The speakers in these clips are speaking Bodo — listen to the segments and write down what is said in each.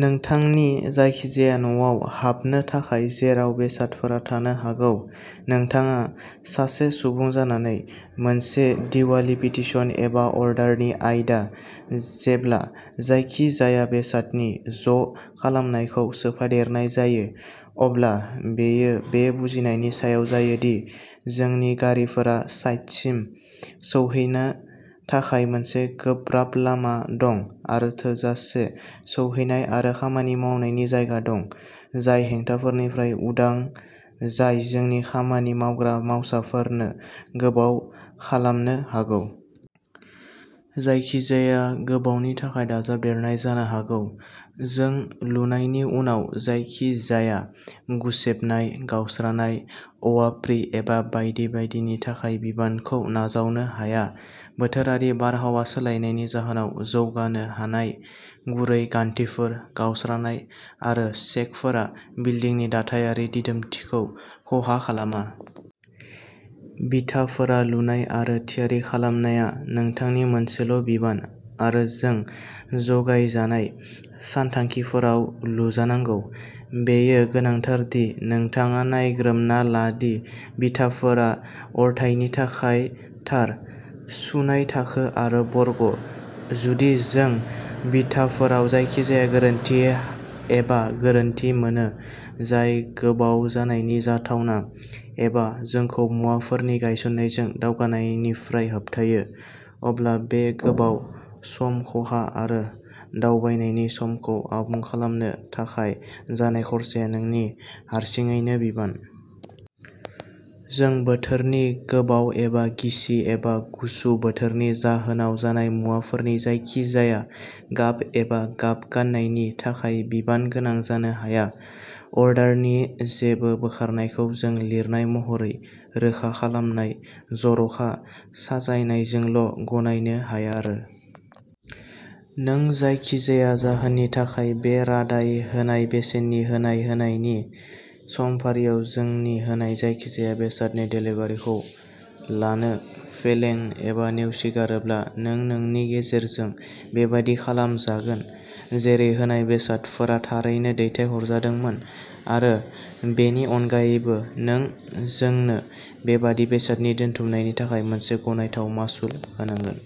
नोंथांनि जायखिजाया न'आव हाबनो थाखाय जेराव बेसादफोरा थानो हागौ। नोंथाङा, सासे सुबुं जानानै, मोनसे दिवालि पिटीशन एबा अर्डारनि आयदा। जेब्ला जायखिजाया बेसादनि ज' खालामनायखौ सोफादेरनाय जायो, अब्ला बेयो बे बुजिनायनि सायाव जायो दि जोंनि गारिफोरा साइटसिम सौहैनो थाखाय मोनसे गोब्राब लामा दं आरो थोजासे सौहैनाय आरो खामानि मावनायनि जायगा दं, जाय हेंथाफोरनिफ्राय उदां जाय जोंनि खामानि मावग्रा मावसाफोरनो गोबाव खालामनो हागौ। जायखिजाया गोबावनि थाखाय दाजाबदेरनाय जानो हागौ। जों लुनायनि उनाव जायखिजाया गुसेबनाय, गावस्रानाय, अवार्पिं एबा बायदि बायदिनि थाखाय बिबानखौ नाजावनो हाया। बोथोरारि बारहावा सोलायनायनि जाहोनाव जौगानो हानाय गुरै गान्थिफोर, गावस्रानाय आरो शेकफोरा बिल्दिंनि दाथायारि दिदोमथिखौ खहा खालामा। बिथाफोर लुनाय आरो थियारि खालामनाया नोंथांनि मोनसेल' बिबान आरो जों जगायजानाय सानथांखिफोराव लुजानांगौ। बेयो गोनांथार दि नोंथाङा नायग्रोमना ला दि बिथाफोरा अरथाइनि थाखाय थार। सुनाय थाखो आरो बर्ग। जुदि, जों बिथाफोराव जायखिजाया गोरोन्थि एबा गोरोन्थि मोनो जाय गोबाव जानायनि जाथावना, एबा जोंखौ मुवाफोरनि गायसननायजों दावगानायनिफ्राय होबथायो, अब्ला बे गोबाव, सम खहा आरो दावबायनायनि समखौ आबुं खालामनो थाखाय जानाय खर्साया नोंनि हारसिङैनो बिबान। जों बोथोरनि गोबाव एबा गिसि एबा गुसु बोथोरनि जाहोनाव जानाय मुवाफोरनि जायखिजाया गाब एबा गाब गानायनि थाखाय बिबानगोनां जानो हाया। अर्डारनि जेबो बोखारनायखौ जों लिरनाय महरै रोखा खालामनाय जर'खा साजायनायजोंल' गनायनो हाया आरो नों जायखिजाया जाहोननि थाखाय बे रादाय होनाय बेसेननि होनाय होनायनि समफारियाव जोंनि होनाय जायखिजाया बेसादनि देलिभारिखौ लानो फेलें एबा नेवसिगारोब्ला नों नोंनि गेजेरजों बेबादि खालामजागोन जेरै होनाय बेसादफोरा थारैनो दैथायहरजादोंमोन आरो बेनि अनगायैबो नों जोंनो बेबादि बेसादनि दोनथुमनायनि थाखाय मोनसे गनायथाव मासुल होगोन।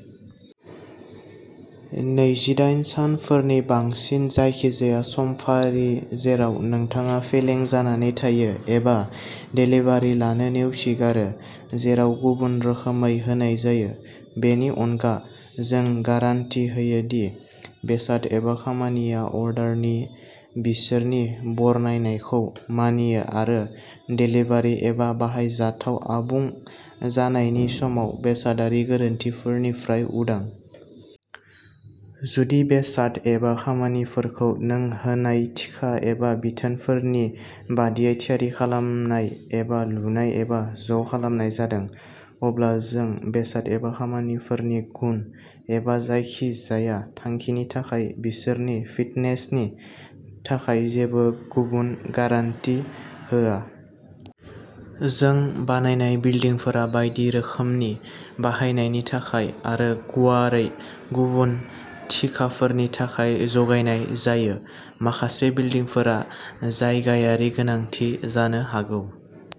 नैजिदाइ सानफोरनि बांसिन जायखिजाया समफारि जेराव नोंथाङा फेलें जानानै थायो एबा देलिभारि लानो नेवसिगारो। जेराव गुबुन रोखोमै होनाय जायो, बेनि अनगा, जों गारान्टि होयो दि बेसाद एबा खामानिया अर्डारनि बिसोरनि बरनायनायखौ मानियो आरो देलिभारि एबा बाहायजाथाव आबुं जानायनि समाव बेसादारि गोरोन्थिफोरनिफ्राय उदां। जुदि बेसाद एबा खामानिफोरखौ नों होनाय थिखा एबा बिथोनफोरनि बायदियै थियारि खालामनाय एबा लुनाय एबा ज' खालामनाय जादों अब्ला जों बेसाद एबा खामानिफोरनि गुन एबा जायखिजाया थांखिनि थाखाय बिसोरनि फिटनेसनि थाखाय जेबो गुबुन गारान्टिआ होआ। जों बानायनाय बिल्डिंफोरा बायदि रोखोमनि बाहायनायनि थाखाय आरो गुवारै गुबुन थिखाफोरनि थाखाय जगायनाय जायो। माखासे बिल्डिंफोरा जायगायारि गोनांथि जानो हागौ।